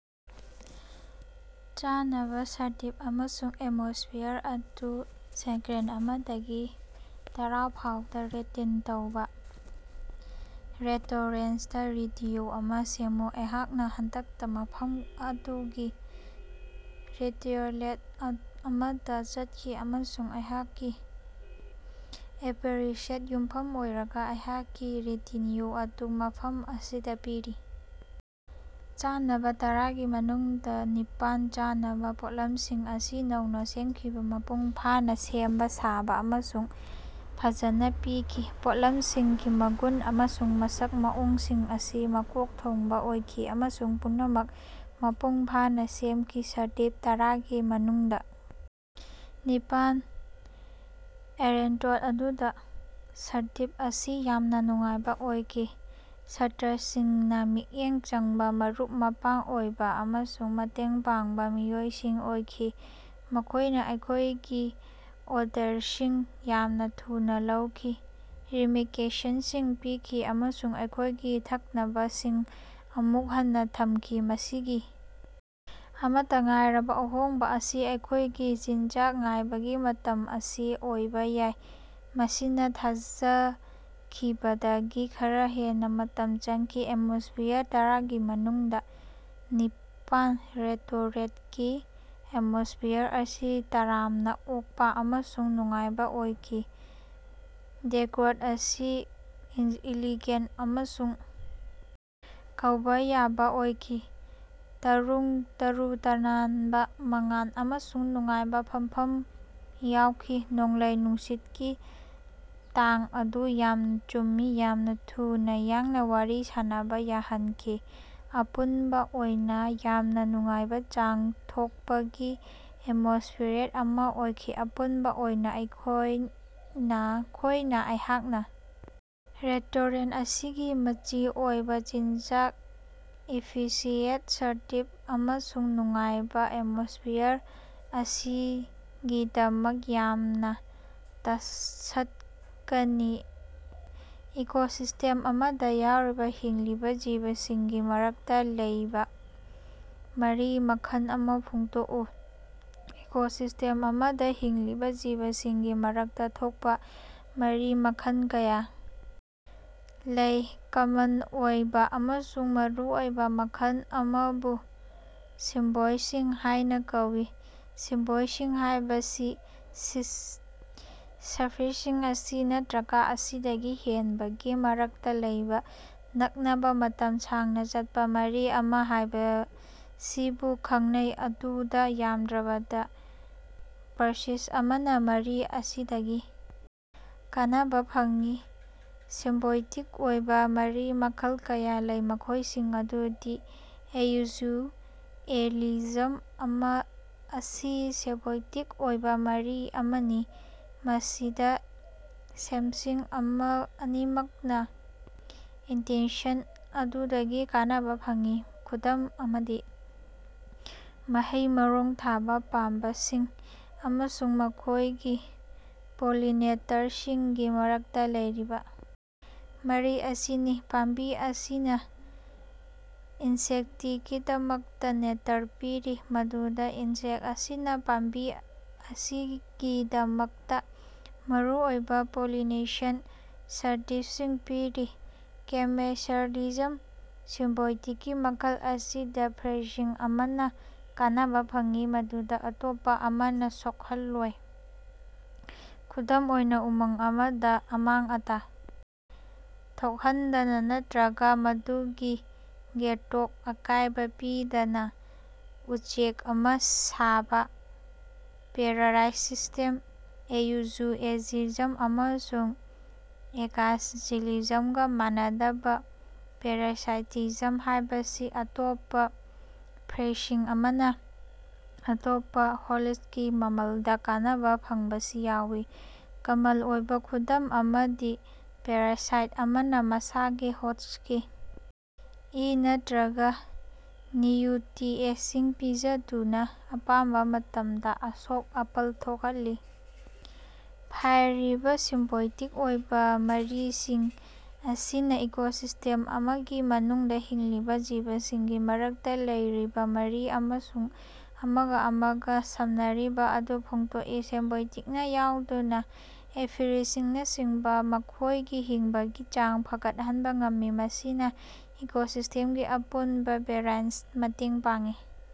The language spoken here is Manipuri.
ꯆꯥꯅꯕ ꯁꯔꯚꯤꯁ ꯑꯃꯁꯨꯡ ꯑꯦꯠꯃꯣꯁꯐ꯭ꯌꯔ ꯑꯗꯨ ꯁ꯭ꯀꯦꯜ ꯑꯃꯗꯒꯤ ꯇꯔꯥ ꯐꯥꯎꯗ ꯔꯦꯇꯤꯡ ꯇꯧꯕ ꯔꯦꯁꯇꯣꯔꯦꯟꯇ ꯔꯤꯚꯤꯌꯨ ꯑꯃ ꯁꯦꯝꯃꯨ꯫ ꯑꯩꯍꯥꯛꯅ ꯍꯟꯗꯛꯇ ꯃꯐꯝ ꯑꯗꯨꯒꯤ ꯔꯦꯁꯇꯣꯔꯦꯟꯇ ꯑꯃꯗ ꯆꯠꯈꯤ ꯑꯃꯁꯨꯡ ꯑꯩꯍꯥꯛꯀꯤ ꯑꯦꯛꯁꯄꯔꯤꯌꯦꯟꯁꯇ ꯌꯨꯝꯐꯝ ꯑꯣꯏꯔꯒ ꯑꯩꯍꯥꯛꯀꯤ ꯔꯤꯚꯤꯌꯨ ꯑꯁꯤ ꯃꯐꯝ ꯑꯁꯤꯗ ꯄꯤꯔꯤ꯫ ꯆꯥꯅꯕ: ꯇꯔꯥꯒꯤ ꯃꯅꯨꯡꯗ ꯃꯥꯄꯜ, ꯆꯥꯅꯕ ꯄꯣꯠꯂꯝꯁꯤꯡ ꯑꯁꯤ ꯅꯧꯅ ꯁꯦꯝꯈꯤꯕ, ꯃꯄꯨꯡ ꯐꯥꯅ ꯁꯦꯝ ꯁꯥꯕ ꯑꯃꯁꯨꯡ ꯐꯖꯅ ꯄꯤꯈꯤ꯫ ꯄꯣꯠꯂꯝꯁꯤꯡꯒꯤ ꯃꯒꯨꯟ ꯑꯃꯁꯨꯡ ꯃꯁꯛ ꯃꯑꯣꯡꯁꯤꯡ ꯑꯁꯤ ꯃꯀꯣꯛ ꯊꯣꯡꯕ ꯑꯣꯏꯈꯤ ꯑꯃꯁꯨꯡ ꯄꯨꯝꯅꯃꯛ ꯃꯄꯨꯡ ꯐꯥꯅ ꯁꯦꯝꯈꯤ꯫ ꯁꯔꯚꯤꯁ: ꯇꯔꯥꯒꯤ ꯃꯅꯨꯡꯗ ꯅꯤꯄꯥꯜ, ꯔꯦꯁꯇꯣꯔꯦꯟꯇ ꯑꯗꯨꯗ ꯁꯔꯚꯤꯁ ꯑꯁꯤ ꯌꯥꯝꯅ ꯅꯨꯡꯉꯥꯏꯕ ꯑꯣꯏꯈꯤ꯫ ꯁ꯭ꯇꯥꯐꯁꯤꯡꯅ ꯃꯤꯠꯌꯦꯡ ꯆꯪꯕ, ꯃꯔꯨꯞ-ꯃꯄꯥꯡ ꯑꯣꯏꯕ ꯑꯃꯁꯨꯡ ꯃꯇꯦꯡ ꯄꯥꯡꯕ ꯃꯤꯑꯣꯏꯁꯤꯡ ꯑꯣꯏꯈꯤ꯫ ꯃꯈꯣꯏꯅ ꯑꯩꯈꯣꯏꯒꯤ ꯑꯣꯔꯗꯔꯁꯤꯡ ꯌꯥꯝꯅ ꯊꯨꯅ ꯂꯧꯈꯤ, ꯔꯤꯀꯃꯦꯟꯗꯦꯁꯟꯁꯤꯡ ꯄꯤꯈꯤ ꯑꯃꯁꯨꯡ ꯑꯩꯈꯣꯏꯒꯤ ꯊꯛꯅꯕꯁꯤꯡ ꯑꯃꯨꯛ ꯍꯟꯅ ꯊꯝꯈꯤ꯫ ꯃꯁꯤꯒꯤ ꯑꯃꯠꯇ ꯉꯥꯏꯔꯕ ꯑꯍꯣꯡꯕ ꯑꯁꯤ ꯑꯩꯈꯣꯏꯒꯤ ꯆꯤꯟꯖꯥꯛ ꯉꯥꯏꯕꯒꯤ ꯃꯇꯝ ꯑꯁꯤ ꯑꯣꯏꯕ ꯌꯥꯏ, ꯃꯁꯤꯅ ꯊꯥꯖꯈꯤꯕꯗꯒꯤ ꯈꯔ ꯍꯦꯟꯅ ꯃꯇꯝ ꯆꯪꯈꯤ꯫ ꯑꯦꯠꯃꯣꯁꯐ꯭ꯌꯔ: ꯇꯔꯥꯒꯤ ꯃꯅꯨꯡꯗ ꯃꯥꯄꯜ, ꯔꯦꯁꯇꯣꯔꯦꯟꯇꯀꯤ ꯑꯦꯠꯃꯣꯁꯐ꯭ꯌꯔ ꯑꯁꯤ ꯇꯔꯥꯝꯅ ꯑꯣꯛꯄ ꯑꯃꯁꯨꯡ ꯅꯨꯡꯉꯥꯏꯕ ꯑꯣꯏꯈꯤ꯫ ꯗꯦꯀꯣꯔ ꯑꯁꯤ ꯏꯂꯤꯒꯦꯟꯇ ꯑꯃꯁꯨꯡ ꯀꯧꯕ ꯌꯥꯕ ꯑꯣꯏꯈꯤ, ꯇꯔꯨ ꯇꯅꯥꯟꯕ ꯃꯉꯥꯜ ꯑꯃꯁꯨꯡ ꯅꯨꯡꯉꯥꯏꯕ ꯐꯝꯐꯝ ꯌꯥꯎꯈꯤ꯫ ꯅꯣꯡꯂꯩ-ꯅꯨꯡꯁꯤꯠꯀꯤ ꯊꯥꯛ ꯑꯗꯨ ꯌꯥꯝꯅ ꯆꯨꯝꯃꯤ, ꯌꯥꯝꯅ ꯊꯨꯅ ꯌꯥꯡꯅ ꯋꯥꯔꯤ ꯁꯥꯅꯕ ꯌꯥꯍꯟꯈꯤ꯫ ꯑꯄꯨꯟꯕ ꯑꯣꯏꯅ ꯌꯥꯝꯅ ꯅꯨꯡꯉꯥꯏꯕ ꯆꯥꯛ ꯊꯣꯡꯕꯒꯤ ꯑꯦꯛꯁꯄꯔꯤꯌꯦꯟꯁ ꯑꯃ ꯑꯣꯏꯈꯤ꯫ ꯑꯄꯨꯟꯕ ꯑꯣꯏꯅ ꯑꯩꯍꯥꯛꯅ ꯔꯦꯁꯇꯣꯔꯦꯟꯇ ꯑꯁꯤꯒꯤ ꯃꯆꯤ ꯑꯣꯏꯕ ꯆꯤꯟꯖꯥꯛ, ꯏꯐꯤꯁꯤꯌꯦꯟꯇ ꯁꯔꯚꯤꯁ ꯑꯃꯁꯨꯡ ꯅꯨꯡꯉꯥꯏꯕ ꯑꯦꯠꯃꯣꯁꯐ꯭ꯌꯔ ꯑꯁꯤꯒꯤꯗꯃꯛ ꯌꯥꯝꯅ ꯇꯛꯁꯤꯠꯒꯅꯤ꯫ ꯏꯀꯣꯁꯤꯁꯇꯦꯝ ꯑꯃꯗ ꯌꯥꯎꯔꯤꯕ ꯍꯤꯡꯂꯤꯕ ꯖꯤꯕꯁꯤꯡꯒꯤ ꯃꯔꯛꯇ ꯂꯩꯕ ꯃꯔꯤ ꯃꯈꯜ ꯑꯃ ꯐꯣꯡꯗꯣꯛꯎ꯫ ꯏꯀꯣꯁꯤꯁꯇꯦꯝ ꯑꯃꯗ ꯍꯤꯡꯂꯤꯕ ꯖꯤꯕꯁꯤꯡꯒꯤ ꯃꯔꯛꯇ ꯊꯣꯛꯄ ꯃꯔꯤ ꯃꯈꯜ ꯀꯌꯥ ꯂꯩ꯫ ꯀꯃꯟ ꯑꯣꯏꯕ ꯑꯃꯁꯨꯡ ꯃꯔꯨꯑꯣꯏꯕ ꯃꯈꯜ ꯑꯃꯕꯨ ꯁꯤꯝꯕꯣꯏꯁꯤꯁ ꯍꯥꯏꯅ ꯀꯧꯏ꯫ ꯁꯤꯝꯕꯣꯏꯁꯤꯁ ꯍꯥꯏꯕꯁꯤꯅ ꯁ꯭ꯄꯦꯁꯤꯁ ꯑꯅꯤ ꯅꯠꯇ꯭ꯔꯒ ꯃꯁꯤꯗꯒꯤ ꯍꯦꯟꯕꯒꯤ ꯃꯔꯛꯇ ꯂꯩꯕ ꯅꯛꯅꯕ, ꯃꯇꯝ ꯁꯥꯡꯅ ꯆꯠꯄ ꯃꯔꯤ ꯑꯃ ꯍꯥꯏꯕꯁꯤꯕꯨ ꯈꯪꯅꯩ, ꯃꯗꯨꯗ ꯌꯥꯝꯗ꯭ꯔꯕꯗ ꯁ꯭ꯄꯦꯁꯤꯁ ꯑꯃꯅ ꯃꯔꯤ ꯑꯁꯤꯗꯒꯤ ꯀꯥꯟꯅꯕ ꯐꯪꯏ꯫ ꯁꯤꯝꯕꯣꯏꯇꯤꯛ ꯑꯣꯏꯕ ꯃꯔꯤ ꯃꯈꯜ ꯀꯌꯥ ꯂꯩ, ꯃꯈꯣꯏꯁꯤꯡ ꯑꯗꯨꯗꯤ: ꯃ꯭ꯌꯨꯆꯨꯑꯦꯂꯤꯖꯝ: ꯃꯁꯤ ꯁꯤꯝꯕꯣꯏꯇꯤꯛ ꯑꯣꯏꯕ ꯃꯔꯤ ꯑꯃꯅꯤ, ꯃꯁꯤꯗ ꯁ꯭ꯄꯦꯁꯤꯁ ꯑꯅꯤꯃꯛꯅ ꯏꯟꯇꯔꯦꯛꯁꯟ ꯑꯗꯨꯗꯒꯤ ꯀꯥꯟꯅꯕ ꯐꯪꯏ꯫ ꯈꯨꯗꯝ ꯑꯃꯗꯤ ꯃꯍꯩ-ꯃꯔꯣꯡ ꯊꯥꯕ ꯄꯥꯝꯕꯤꯁꯤꯡ ꯑꯃꯁꯨꯡ ꯃꯈꯣꯏꯒꯤ ꯄꯣꯂꯤꯅꯦꯇꯔꯁꯤꯡꯒꯤ ꯃꯔꯛꯇ ꯂꯩꯔꯤꯕ ꯃꯔꯤ ꯑꯁꯤꯅꯤ꯫ ꯄꯥꯝꯕꯤ ꯑꯁꯤꯅ ꯏꯟꯁꯦꯛꯇꯀꯤꯗꯃꯛꯇ ꯅꯦꯛꯇꯔ ꯄꯤꯔꯤ, ꯑꯗꯨꯒ ꯏꯟꯁꯦꯛꯇ ꯑꯁꯤꯅ ꯄꯥꯝꯕꯤ ꯑꯁꯤꯒꯤꯗꯃꯛꯇ ꯃꯔꯨꯑꯣꯏꯕ ꯄꯣꯂꯤꯅꯦꯁꯟ ꯁꯔꯚꯤꯁꯁꯤꯡ ꯄꯤꯔꯤ꯫ ꯀꯃꯦꯟꯁꯥꯂꯤꯖꯝ: ꯁꯤꯝꯕꯣꯏꯁꯤꯁꯀꯤ ꯃꯈꯜ ꯑꯁꯤꯗ, ꯁ꯭ꯄꯦꯁꯤꯁ ꯑꯃꯅ ꯀꯥꯟꯅꯕ ꯐꯪꯏ ꯑꯗꯨꯒ ꯑꯇꯣꯞꯄ ꯑꯃꯅ ꯁꯣꯛꯍꯜꯂꯣꯏ꯫ ꯈꯨꯗꯝ ꯑꯣꯏꯅ, ꯎꯃꯪ ꯑꯃꯗ ꯑꯃꯥꯡ-ꯑꯇꯥ ꯊꯣꯛꯍꯟꯗꯅ ꯅꯠꯇ꯭ꯔꯒ ꯃꯗꯨꯒꯤ ꯒ꯭ꯔꯣꯊꯇ ꯑꯀꯥꯏꯕ ꯄꯤꯗꯅ ꯎꯆꯦꯛ ꯑꯃ ꯁꯥꯕ꯫ ꯄꯦꯔꯥꯁꯥꯏꯇꯤꯖꯝ: ꯃ꯭ꯌꯨꯆꯨꯑꯦꯂꯤꯖꯝ ꯑꯃꯁꯨꯡ ꯀꯃꯦꯟꯁꯥꯂꯤꯖꯝꯒ ꯃꯥꯟꯅꯗꯕ, ꯄꯦꯔꯥꯁꯥꯏꯇꯤꯖꯝ ꯍꯥꯐꯕꯁꯤꯗ ꯑꯇꯣꯞꯄ ꯁ꯭ꯄꯦꯁꯤꯁ ꯑꯃꯅ ꯑꯇꯣꯞꯄ ꯍꯣꯁ꯭ꯠꯀꯤ ꯃꯃꯜꯗ ꯀꯥꯟꯅꯕ ꯐꯪꯕꯁꯤ ꯌꯥꯎꯏ꯫ ꯀꯃꯟ ꯑꯣꯏꯕ ꯈꯨꯗꯝ ꯑꯃꯗꯤ ꯄꯦꯔꯥꯁꯥꯏꯠ ꯑꯃꯅ ꯃꯁꯥꯒꯤ ꯍꯣꯁ꯭ꯠꯀꯤ ꯏ ꯅꯠꯇ꯭ꯔꯒ ꯅ꯭ꯌꯨꯇ꯭ꯔꯤꯑꯦꯟꯇꯁꯤꯡ ꯄꯤꯖꯗꯨꯅ ꯑꯌꯥꯝꯕ ꯃꯇꯝꯗ ꯑꯁꯣꯛ-ꯑꯄꯟ ꯊꯣꯛꯍꯜꯂꯤ꯫ ꯍꯥꯐꯔꯤꯕ ꯁꯤꯝꯕꯣꯏꯇꯤꯛ ꯑꯣꯏꯕ ꯃꯔꯤꯁꯤꯡ ꯑꯁꯤꯅ ꯏꯀꯣꯁꯤꯁ꯭ꯇꯦꯝ ꯑꯃꯒꯤ ꯃꯅꯨꯡꯗ ꯍꯤꯡꯂꯤꯕ ꯖꯤꯕꯁꯤꯡꯒꯤ ꯃꯔꯛꯇ ꯂꯩꯔꯤꯕ ꯃꯔꯤ ꯑꯃꯁꯨꯡ ꯑꯃꯒ ꯑꯃꯒ ꯁꯝꯅꯔꯤꯕ ꯑꯗꯨ ꯐꯣꯡꯗꯣꯛꯂꯤ꯫ ꯁꯤꯝꯕꯣꯏꯁꯤꯁꯇ ꯌꯥꯎꯗꯨꯅ, ꯁ꯭ꯄꯦꯁꯤꯁꯁꯤꯡꯅ ꯃꯈꯣꯏꯒꯤ ꯍꯤꯡꯕꯒꯤ ꯆꯥꯡ ꯐꯒꯠꯍꯟꯕ ꯉꯝꯃꯤ, ꯃꯁꯤꯅ ꯏꯀꯣꯁꯤꯁꯇꯦꯝꯒꯤ ꯑꯄꯨꯟꯕ ꯕꯦꯂꯦꯟꯁꯇ ꯃꯇꯦꯡ ꯄꯥꯡꯏ꯫